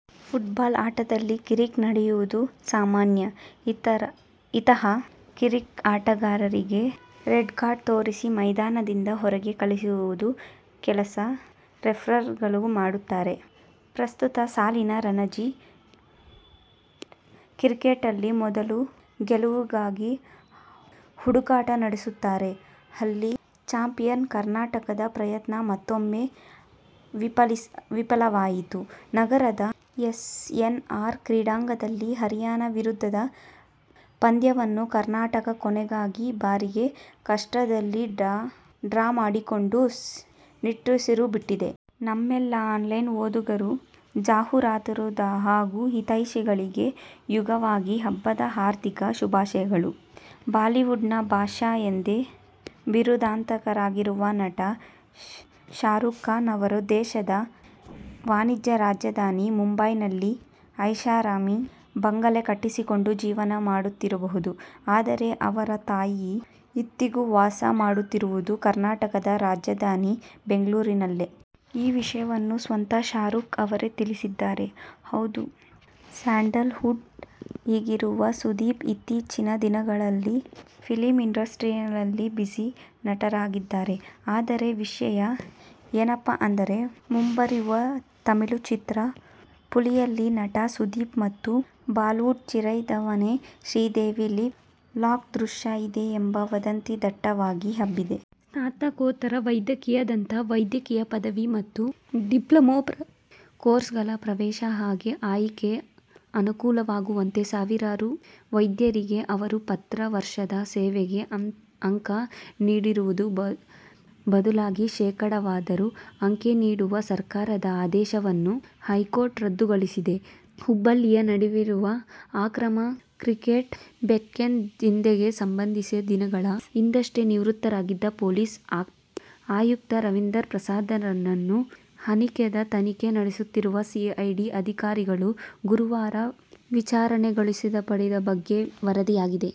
Football ಆಟದಲ್ಲಿ ಕಿರಿಕ್ ನಡೆಯುವುದು ಸಾಮಾನ್ಯ. ಇಂತಹ ಕಿರಿಕ್ ಆಟಗಾರರಿಗೆ ರೆಡ್ ಕಾರ್ಡ್ ತೋರಿಸಿ ಮೈದಾನದಿಂದ ಹೊರಗೆ ಕಳುಹಿಸುವ ಕೆಲಸ ರೆಫ್ರಿಗಳು ಮಾಡುತ್ತಾರೆ. ಪ್ರಸ್ತುತ ಸಾಲಿನ ರಣಜಿ ಕ್ರಿಕೆಟ್ನಲ್ಲಿ ಮೊದಲ ಗೆಲುವಿಗಾಗಿ ಹುಡುಕಾಟ ನಡೆಸುತ್ತಿರುವ ಹಾಲಿ ಚಾಂಪಿಯನ್ ಕರ್ನಾಟಕದ ಪ್ರಯತ್ನ ಮತ್ತೂಮ್ಮೆ ವಿಫಲವಾಗಿದೆ. ನಗರದ ಎಸ್ಡಿಎನ್ಆರ್ ಕ್ರೀಡಾಂಗಣದಲ್ಲಿ ಹರಿಯಾಣ ವಿರುದ್ಧದ ಪಂದ್ಯವನ್ನು ಕರ್ನಾಟಕ ಕೊನೆಗೂ ಬಾರೀ ಕಷ್ಟದಲ್ಲಿ ಡ್ರಾ ಮಾಡಿಕೊಂಡು ನಿಟ್ಟುಸಿರು ಬಿಟ್ಟಿದೆ. ನಮ್ಮೆಲ್ಲಾ ಆನ್ಲೈನ್ ಓದುಗರು, ಜಾಹೀರಾತುದಾರರು ಹಾಗೂ ಹಿತೈಷಿಗಳಿಗೆ ಯುಗಾದಿ ಹಬ್ಬದ ಹಾರ್ದಿಕ ಶುಭಾಶಯಗಳು. ಬಾಲಿವುಡ್ನ ಬಾದ್ ಶಾ ಎಂದೇ ಬಿರುದಾಂಕಿತರಾಗಿರುವ ನಟ ಶಾರುಖ್ ಖಾನ್ ಅವರು ದೇಶದ ವಾಣಿಜ್ಯ ರಾಜಧಾನಿ ಮುಂಬೈನಲ್ಲಿ ಐಷಾರಾಮಿ ಬಂಗಲೆ ಕಟ್ಟಿಸಿಕೊಂಡು ಜೀವನ ಮಾಡುತ್ತಿರಬಹುದು. ಆದರೆ ಅವರ ತಾಯಿ ಇವತ್ತಿಗೂ ವಾಸ ಮಾಡುತ್ತಿರುವುದು ಕರ್ನಾಟಕದ ರಾಜಧಾನಿ ಬೆಂಗಳೂರಿನಲ್ಲಿ! ಈ ವಿಷಯವನ್ನು ಸ್ವತಃ ಶಾರುಖ್ ಅವರೇ ತಿಳಿಸಿದ್ದಾರೆ. ಹೌದು ಸ್ಯಾಂಡಲ್ ವುಡ್ ಹೀರೋ ಸುದೀಪ್ ಇತ್ತೀಚೆಗಿನ ದಿನಗಳಲ್ಲಿ ಫಿಲ್ಮ್ ಇಂಡಸ್ಟ್ರೀಸ್ ನಲ್ಲಿ ಬ್ಯುಸಿ ನಟನಾಗಿದ್ದಾರೆ. ಆದರೆ ವಿಷಯ ಏನಪ್ಪಾ ಅಂದರೆ ಮುಂಬರುವ ತಮಿಳು ಚಿತ್ರ ಪುಲಿಯಲ್ಲಿ ನಟ ಸುದೀಪ್ ಮತ್ತು ಬಾಲಿವುಡ್ ಚಿರಯೌವನೆ ಶ್ರೀದೇವಿ ಲಿಪ್ ಲಾಕ್ ದೃಶ್ಯ ಇದೆ ಎಂಬ ವದಂತಿ ದಟ್ಟವಾಗಿ ಹಬ್ಬಿದೆ. ಸ್ನಾತಕೋತ್ತರ ವೈದ್ಯಕೀಯ, ದಂತ ವೈದ್ಯಕೀಯ ಪದವಿ ಮತ್ತು ಡಿಪ್ಲೊಮಾ ಕೋರ್ಸ್ಗಳ ಪ್ರವೇಶ ಹಾಗೂ ಆಯ್ಕೆಗೆ ಅನುಕೂಲವಾಗುವಂತೆ ಸೇವಾನಿರತ ವೈದ್ಯರಿಗೆ ಅವರ ಪ್ರತಿ ವರ್ಷದ ಸೇವೆಗೆ ಅಂಕ ನೀಡುವುದರ ಬದಲಾಗಿ ಶೇಕಡಾವಾರು ಅಂಕ ನೀಡುವ ಸರ್ಕಾರದ ಆದೇಶವನ್ನು ಹೈಕೋರ್ಟ್ ರದ್ದುಗೊಳಿಸಿದೆ. ಹುಬ್ಬಳ್ಳಿಯಲ್ಲಿ ನಡೆದಿರುವ ಅಕ್ರಮ ಕ್ರಿಕೆಟ್ ಬೆಟ್ಟಿಂಗ್ ದಂಧೆಗೆ ಸಂಬಂಧಿಸಿ ದಿನಗಳ ಹಿಂದಷ್ಟೆ ನಿವೃತ್ತರಾಗಿದ್ದ ಪೊಲೀಸ್ ಆಯುಕ್ತ ರವೀಂದ್ರ ಪ್ರಸಾದ್ ಅವರನ್ನು ಹಗರಣದ ತನಿಖೆ ನಡೆಸುತ್ತಿರುವ ಸಿಐಡಿ ಅಧಿಕಾರಿಗಳು ಗುರುವಾರ ವಿಚಾರಣೆಗೊಳಪಡಿಸಿರುವ ಬಗ್ಗೆ ವರದಿಯಾಗಿದೆ.